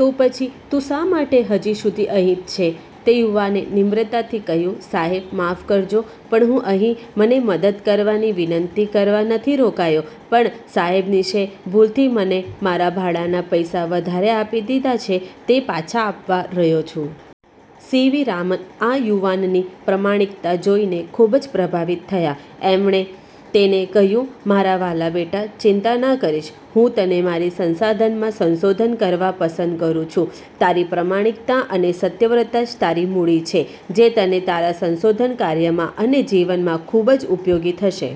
તો પછી તું શા માટે હજી સુધી અહીં જ છે? " તે યુવાને વિનમ્રતાથી કહ્યું, "સાહેબ, માફ કરજો પણ હું અહીં મને પસંદ કરવાની વિનંતી કરવા નથી રોકાયો. પણ હિસાબનીશે ભૂલથી મને મારા ભાડાના પૈસા વધારે આપી દીધા છે તે પાછા આપવા રહ્યો છું. " સી. વી. રામન આ યુવાનની પ્રામાણિકતા જોઈને ખુબ જ પ્રભાવિત થયા. એમણે તેને કહ્યું, "મારા વહાલા બેટા, ચિંતા ન કરીશ. હું તને મારી સંસ્થામાં સંશોધન કરવા પસંદ કરું છું. તારી પ્રામાણિકતા અને સત્યવ્રતા જ તારી મૂડી છે જે તને તારા સંશોધન કાર્યમાં અને જીવનમાં ખુબ જ ઉપયોગી થશે.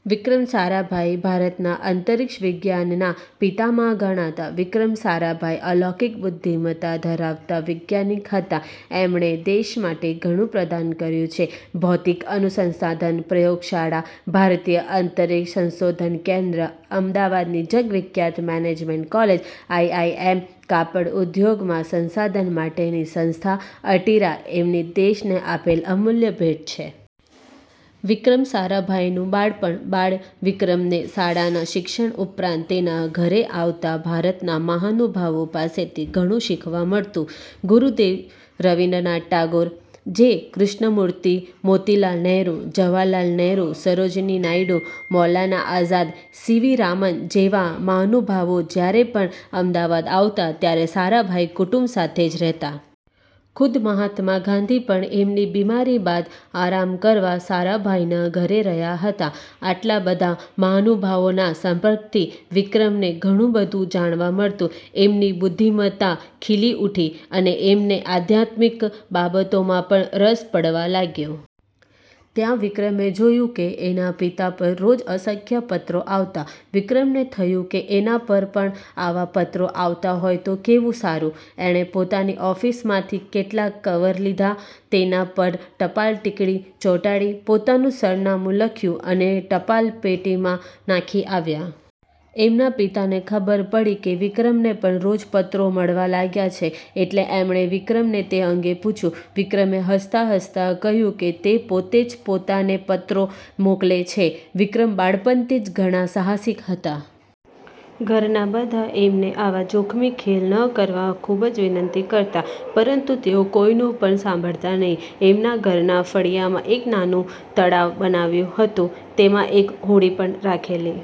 " વિક્રમ સારાભાઈ ભારતના અંતરિક્ષ વિજ્ઞાનના પિતામહ ગણાતા વિક્રમ સારાભાઈ અલૌકિક બુદ્ધિમતા ધરાવતા વૈજ્ઞાનિક હતા. એમણે દેશ માટે ઘણું પ્રદાન કર્યું છે – ભૌતિક અનુસંધાન પ્રયોગશાળા, ભારતીય અંતરિક્ષ સંશોધન કેન્દ્ર, અમદાવાદની જગ વિખ્યાત મેનેજમેન્ટ કોલેજ આઈઆઈ એમ, કાપડ ઉદ્યોગમાં સંશોધન માટેની સંસ્થા અટીરા એમની દેશને આપેલ અમૂલ્ય ભેટ છે. વિક્રમ સારાભાઈનું બાળપણ બાળ વિક્રમને શાળાના શિક્ષણ ઉપરાંત તેના ઘરે આવતા ભારતના મહાનુભાવો પાસેથી ઘણું શીખવા મળતું. ગુરુદેવ Rabindranath Tagore, J. Krishnamurti, Motilal Nehru, Jawaharlal Nehru, Sarojini Naidu, Maulana Azad, C V Raman જેવા મહાનુભાવો જયારે પણ અમદાવાદ આવતા ત્યારે સારાભાઈ કુટુંબ સાથે જ રહેતા. ખુદ મહાત્મા ગાંધી પણ એમની બીમારી બાદ આરામ કરવા સારાભાઈના ઘરે રહ્યા હતા. આટલા બધા મહાનુભાવોના સંપર્કથી વિક્રમને ઘણું બધું જાણવા મળતું. એમની બુદ્ધિમતા ખીલી ઉઠી અને એમને આધ્યાત્મિક બાબતોમાં પણ રસ પડવા લાગ્યો. ત્યાં વિક્રમે જોયું કે એના પિતા પર રોજ અસંખ્ય પત્રો આવતા. વિક્રમને થયું કે એના પર પણ આવા પત્રો આવતા હોય તો કેવું સારું? એણે પિતાની ઓફિસમાંથી કેટલાક કવર લીધા, તેના પર ટપાલટીકીટ ચોંટાડી, પોતાનું જ સરનામું લખ્યું અને ટપાલપેટીમાં નાંખી આવ્યા. એમના પિતાને ખબર પડી કે વિક્રમને પણ રોજ પત્રો મળવા લાગ્યા છે એટલે એમણે વિક્રમને તે અંગે પૂછ્યું. વિક્રમે હસતાં હસતાં કહ્યું કે તે પોતે જ પોતાને પત્રો મોકલે છે. વિક્રમ બાળપણથી જ ઘણા સાહસિક હતા. ઘરના બધા એમને આવા જોખમી ખેલ ન કરવા ખુબ જ વિનંતી કરતા પરંતુ તેઓ કોઈનું પણ સાંભળતા નહિ. એમના ઘરના ફળિયામાં એક નાનું તળાવ બનાવ્યું હતું. તેમાં એક હોડી પણ રાખેલી.